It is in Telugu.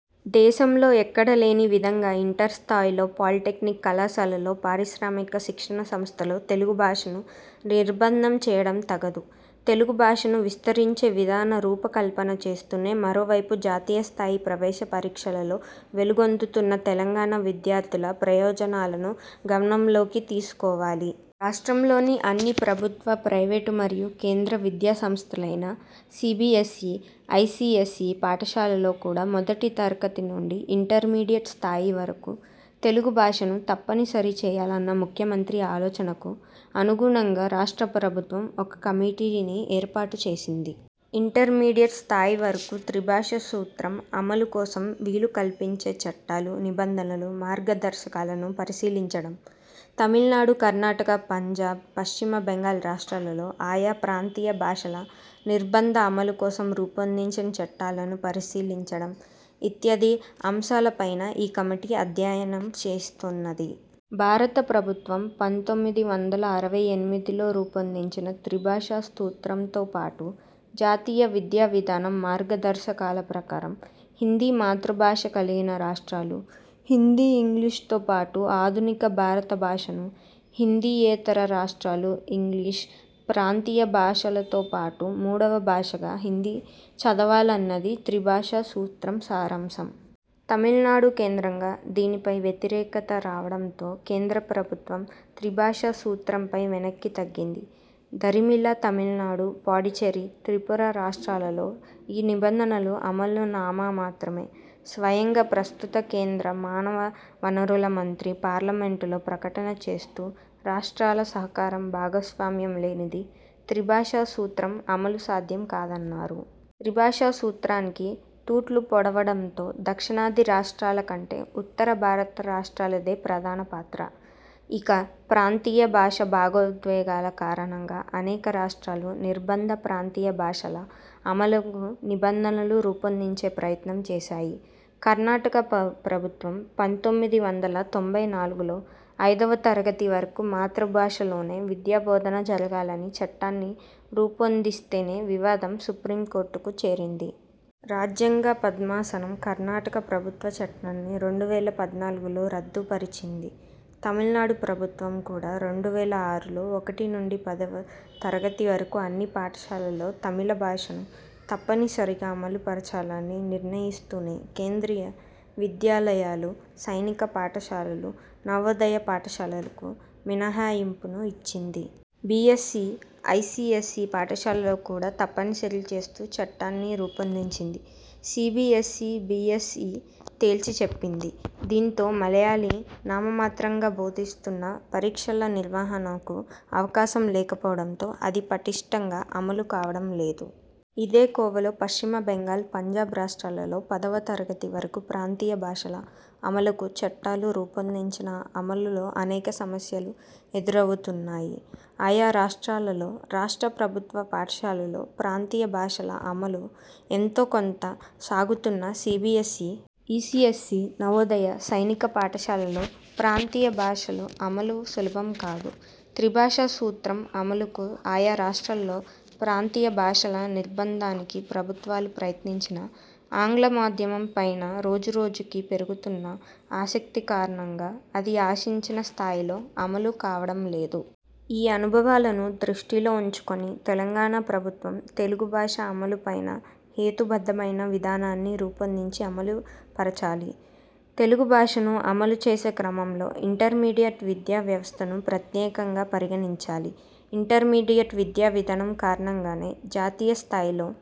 దేశంలో ఎక్కడా లేని విధంగా ఇంటర్ స్థాయిలో పాలిటెక్నిక్ కళాశాల్లో, పారిశ్రామిక శిక్షణా సంస్థల్లో తెలుగు భాషను నిర్భందం చేయడం తగదు. తెలుగు భాషను విస్తరించే విధాన రూప కల్పన చేస్తూనే మరోవైపు జాతీయ స్థాయి ప్రవేశ పరీక్షలలో వెలుగొందుతున్న తెలంగాణ విద్యార్థుల ప్రయోజనాలనూ గమనం లోకి తీసుకోవాలి. రాష్ట్రంలోని అన్ని ప్రభుత్వ, ప్రైవేటు మరియు కేంద్ర విద్యా సంస్థలైన C. B. S. E., I. C. S. E. పాఠశాలల్లో కూడ మొదటి తరగతి నుండి ఇంటర్మీడియట్ స్థాయి వరకు తెలుగు భాషను తప్ప నిసరి చేయాలన్న ముఖ్యమంత్రి ఆలోచనకు అనుగుణంగా రాష్ట్ర ప్రభుత్వం ఒక కమిటిని ఏర్పాటు చేసింది. ఇంటర్ మీడియట్ స్థాయి వరకు త్రిభాష సూత్రం అమలు కోసం వీలు కల్పించే చట్టాలు, నిబంధనలు, మార్గ దర్శకాలను పరిశీలించడం. తమిళనాడు, కర్ణాటక, పంజాబ్, పశ్చిమ బెంగాల్ రాష్ట్రాలలో ఆయా ప్రాంతీయ భాషల నిర్బంధ అమలు కోసం రూపొందించిన చట్టాలను పరిశీలించడం ఇత్యాది అంశాల పైన ఈ కమిటీ అధ్యయనం చేస్తున్నది. భారత ప్రభుత్వం పంతొమ్మిది వందల అరవై ఎనిమిదిలో రూపొందించిన త్రిభాష సూత్రంతో పాటు జాతీయ విద్యా విధానం మార్గదర్శకాల ప్రకారం హిందీ మాతృభాష కలిగిన రాష్ట్రాలు హిందీ ఇంగ్లీష్తో పాటు ఆధునిక భారత భాషనూ, హిందీయేతర రాష్ట్రాలు ఇంగ్లీష్, ప్రాంతీయ భాషలతో పాటు మూడవ భాషగా హిందీ చదవాలన్నది త్రిభాష సూత్రం సారాంశం. తమిళనాడు కేంద్రంగా దీనిపైన వ్యతిరేకత రావడంతో కేంద్ర ప్రభుత్వం త్రిభాష సూత్రంపై వెనక్కి తగ్గింది. దరిమిలా తమిళనాడు, పాండిచ్చేరి, త్రిపుర రాష్ట్రాలలో ఈ నిబం ధనలు అమలు నామ మాత్రమే. స్వయంగా ప్రస్తుత కేంద్ర మానవ వనరుల మంత్రి పార్లమెంటులో ప్రకటన చేస్తూ రాష్ట్రాల సహకారం, భాగస్వామ్యం లేనిది త్రిభాష సూత్రం అమలు సాధ్యం కాదన్నారు. త్రిభాషా సూత్రానికి తూట్లు పొడవడంలో దక్షిణాది రాష్ట్రాల కంటే ఉత్తర భారత రాష్ట్రాలదే ప్రధాన పాత్ర. ఇక, ప్రాంతీయ భాషా భావోద్వేగాల కారణంగా అనేక రాష్ట్రాలు నిర్బంధ ప్రాంతీయ భాషల అమలుకు నిబంధనలను రూపొందించే ప్రయత్నం చేసాయి. కర్ణాటక ప్రభుత్వం పంతొమ్మిది వందల తొంభై నాలుగులో ఐదవ తరగతి వరకు మాతృ భాషలోనే విద్యా బోధన జరగాలని చట్టాన్ని రూపొందిస్తే వివాదం సుప్రీంకోర్టుకు చేరింది. రాజ్యంగ ధర్మాసనం కర్ణాటక ప్రభుత్వ చట్టాన్ని రెండు వేల పద్నాలుగులో రద్దు పరిచింది. తమిళనాడు ప్రభుత్వం కూడా రెండు వేల ఆరులో ఒకటి నుండి పదివ తరగతి వరకు అన్ని పాఠశాలల్లో తమిళ భాషను తప్పని సరిగా అమలు పరచాలని నిర్ణయిస్తూనే కేంద్రీయ విద్యాలయాలు, సైనిక పాఠశాలలు, నవోదయ పాఠశాలలకు మినహాయింపును ఇచ్చింది. B. S. E., I. C. S. E. పాఠశాలల్లో కూడా తప్పనిసరి చేస్తూ చట్టాన్ని రూపొందించింది. C. B. S.. B. S. E. తేల్చిచెప్పింది. దీంతో మలయాళీని నామమాత్రంగా బోధిస్తున్నా పరీక్షల నిర్వహణకు అవకాశం లేక పోవడంతో అది పటిష్ఠంగా అమలు కావడం లేదు. ఇదే కోవలో పశ్చిమ బెంగాల్ పంజాబ్ రాష్ట్రాలలో పదివ తరగతి వరకు ప్రాంతీయ భాషల అమలుకు చట్టాలు రూపొందించినా అమలులో అనేక సమస్యలు ఎదురవుతున్నాయి. ఆయా రాష్ట్రాల్లో రాష్ట్ర ప్రభుత్వ పాఠశాలల్లో ప్రాంతీయ భాషల అమలు ఎంతో కొంత సాగుతున్నా C. B. S. E., I. C. S. E., Navodaya, సైనిక పాఠశాలల్లో ప్రాంతీయ భాషల అమలు సులభం కాదు. త్రిభాషా సూత్రం అమలుకు, ఆయా రాష్ట్రాల్లో ప్రాంతీయ భాషల నిర్బంధానికీ ప్రభుత్వాలు ప్రయత్నించినా ఆంగ్ల మాధ్యమం పైన రోజు రోజుకు పెరుగుతున్న ఆసక్తి కారణంగా అది ఆశించిన స్థాయిలో అమలు కావడంలేదు. ఈ అనుభవాలను దృష్టిలో ఉంచుకొని తెలంగాణ ప్రభుత్వం తెలుగు భాష అమలు పైన హేతు బద్ధమైన విధానాన్ని రూపొందించి అమలు పరచాలి. తెలుగు భాషను అమలు చేసే క్రమంలో ఇంటర్మీడియట్ విద్యా వ్యవస్థను ప్రత్యేకంగా పరిగణించాలి. ఇంటర్మీడియట్ విద్యా విధానం కారణంగానే జాతీయ స్థాయిలో